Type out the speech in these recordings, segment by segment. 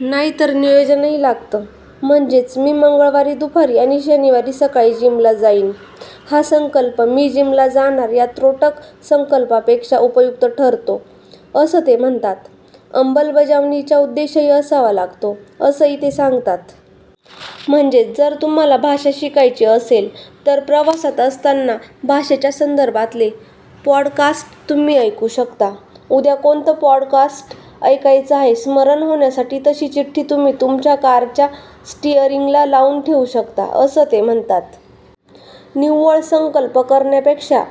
नाही तर नियोजनही लागतं. म्हणजेच मी मंगळवारी दुपारी आणि शनिवारी सकाळी जीमला जाईन, हा संकल्प मी जीमला जाणार या त्रोटक संकल्पापेक्षा उपयुक्त ठरतो, असं ते म्हणतात. अंमलबजावणीचा उद्देशही असावा लागतो, असही ते सांगतात. म्हणजेच जर तुम्हाला भाषा शिकायची असेल तर प्रवासात असताना भाषेच्या संदर्भातले पॉडकास्ट तुम्ही ऐकू शकता. उद्या कोणतं पॉडकास्ट ऐकायचं याचे स्मरण होण्यासाठी तशी चिट्टी तुम्ही तुमच्या कारच्या स्टीअरिंगला लावून ठेऊ शकता, असं ते म्हणतात. निव्वळ संकल्प करण्यापेक्षा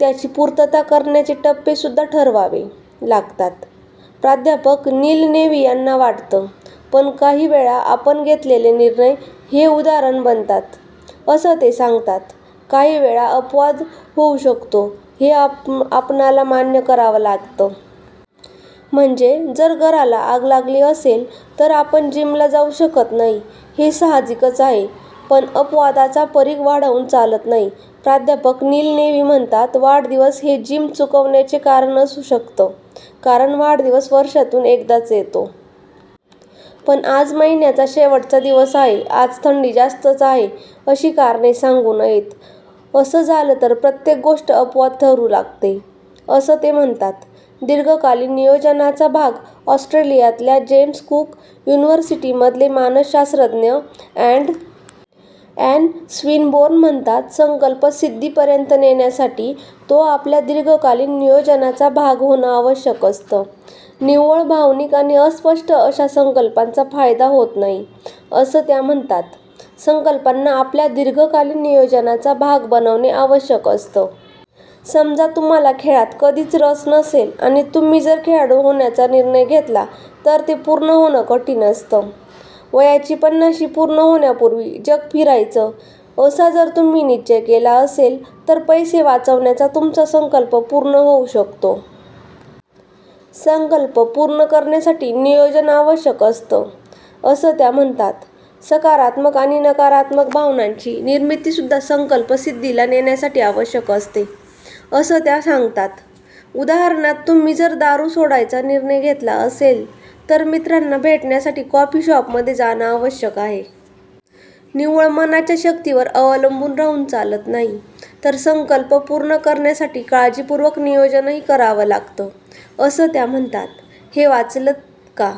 त्याची पूर्तता करण्याचे टप्पे सुद्धा ठरवावे लागतात, प्रा. नील नेव्ही यांना वाटतं. पण काही वेळा आपण घेतलेले निर्णय हे उदाहरण बनतात, असं ते सांगतात. काही वेळा अपवाद होऊ शकतो, हे आपणाला मान्य करावं लागेत. म्हणजे जर घराला आग लागली असेल तर आपण जीमला जाऊ शकत नाही, हे सहाजिकच आहे. पण अपवादाचा परीघ वाढवून चालत नाही. प्रा. नील नेव्ही म्हणतात, वाढदिवस हे जीम चुकवण्याचे कारण असू शकतं, कारण वाढदिवस वर्षातून एकदाच येतो. पण आज महिन्याचा शेवटचा दिवस आहे, आज थंडी जास्तच आहे, अशी कारणे सांगू नयेत. असं झालं तर प्रत्येक गोष्ट अपवाद ठरू लागते, असं ते म्हणतात. दीर्घकालीन नियोजनाचा भाग ऑस्ट्रेलियातल्या जेम्स कूक युनिव्हर्सिटीमधले मानसशास्त्रज्ञ ॲन्ड. ॲन स्विनबोर्न म्हणतात, संकल्प सिद्धीपर्यंत नेण्यासाठी तो आपल्या दीर्घकालीन नियोजनाचा भाग होणं आवश्यक असतं. निव्वळ भावनिक आणि अस्पष्ट अशा संकल्पांचा फायदा होत नाही, असं त्या म्हणतात. संकल्पांना आपल्या दीर्घकालीन नियोजनाचा भाग बनवणे आवश्यक असतं. समजा तुम्हाला खेळात कधीच रस नसेल आणि तुम्ही जर खेळाडू होण्याचा निर्णय घेतला तर ते पूर्ण होणं कठीण असतं. वयाची पन्नाशी पूर्ण होण्यापूर्वी जग फिरायचं असा जर तुम्ही निश्चय केला असेल तर पैसे वाचवण्याचा तुमचा संकल्प पूर्ण होऊ शकतो. संकल्प पूर्ण करण्यासाठी नियोजन आवश्यक असतं, असं त्या म्हणतात. सकारात्मक आणि नकारात्मक भावनांची निर्मितीसुद्धा संकल्प सिद्धीला नेण्यासाठी आवश्यक असते, असं त्या सांगतात. उदाहरणात तुम्ही जर दारू सोडायचा निर्णय घेतला असेल तर मित्रांना भेटण्यासाठी कॉफी शॉपमध्ये जाणं आवश्यक आहे. निव्वळ मनाच्या शक्तीवर अवलंबून राहून चालत नाही, तर संकप्ल पूर्ण करण्यासाठी काळजीपूर्वक नियोजनही करावं लागतं, असं त्या म्हणतात. हे वाचलं का?